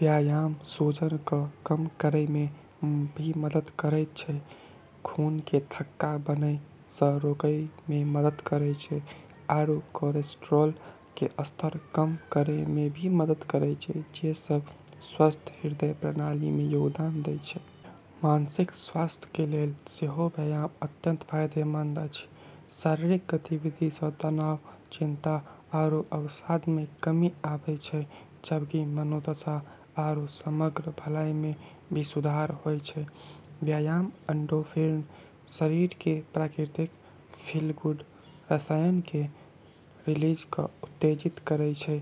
व्यायाम सूजन क कम करै मे भी मदद करै छै, खून के थक्का बनै स रोकै मे मदद करै छै, आरू कोलेस्ट्रॉल के स्तर कम करै मे भी मदद करै छै, जे सब स्वस्थ हृदय प्रणाली मे योगदान दै छै। मानसिक स्वास्थ्य के लेल सेहो व्यायाम अत्यंत फायदेमंद अछि। शारीरिक गतिविधि स तनाव, चिंता, आरू अवसाद मे कमी आबै छै, जबकि मनोदशा आरू समग्र भलाई मे भी सुधार होय छै। व्यायाम एंडोर्फिन – शरीर के प्राकृतिक "फील गुड" रसायन – के रिलीज क उत्तेजित करै छै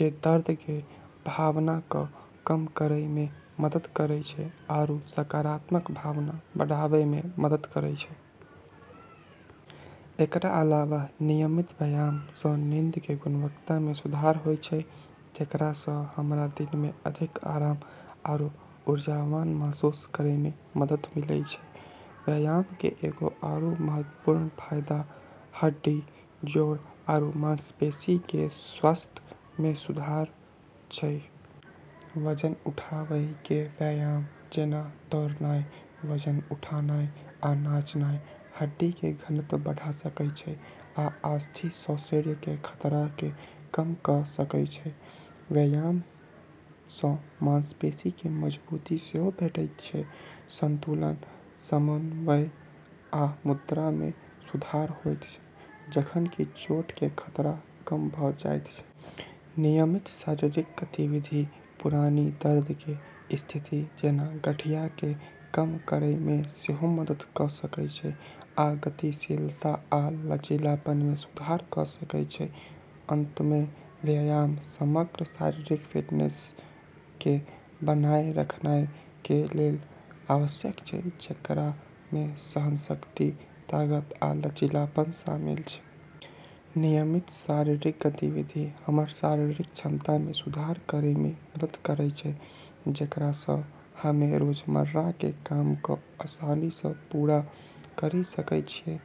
जे दर्द के भावना क कम करै मे मदद करै छै आरू सकारात्मक भावना बढ़ाबै मे मदद करै छै। एकरा अलावा नियमित व्यायाम स नींद के गुणवत्ता मे सुधार होय छै, जेकरा स हमरा दिन मे अधिक आराम आरू ऊर्जावान महसूस करै मे मदद मिलै छै। व्यायाम के एगो आरू महत्वपूर्ण फायदा हड्डी, जोड़ आरू मांसपेशी के स्वास्थ्य मे सुधार छै। वजन उठावय के व्यायाम, जेना दौड़नाय, वजन उठानाय, आ नाचनाय, हड्डी के घनत्व बढ़ा सकै छै आ अस्थिसौषिर्य के खतरा के कम क सकै छै। व्यायाम सं मांसपेशी के मजबूती सेहो भेटैत छै, संतुलन, समन्वय आ मुद्रा मे सुधार होयत छै, जखन कि चोट के खतरा कम भ जायत छै। नियमित शारीरिक गतिविधि पुरानी दर्द के स्थिति, जेना गठिया के कम करै मे सेहो मदद क सकै छै, आ गतिशीलता आ लचीलापन मे सुधार क सकै छै। अंत मे, व्यायाम समग्र शारीरिक फिटनेस के बनाए रखनाय के लेल आवश्यक छै, जेकरा मे सहनशक्ति, ताकत आ लचीलापन शामिल छै। नियमित शारीरिक गतिविधि हमर शारीरिक क्षमता मे सुधार करै मे मदद करै छै, जेकरा स हम्में रोजमर्रा के काम क आसानी स पूरा करी सकै छियै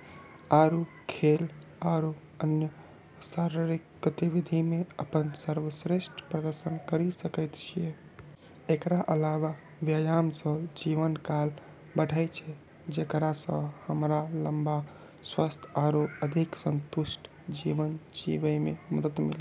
आरू खेल आरू अन्य शारीरिक गतिविधि मे अपन सर्वश्रेष्ठ प्रदर्शन करी सकै छियै। एकरा अलावा व्यायाम स जीवन काल बढ़ै छै, जेकरा स हमरा लम्बा, स्वस्थ आरू अधिक संतुष्ट जीवन जीबै मे मदद मिलै छै।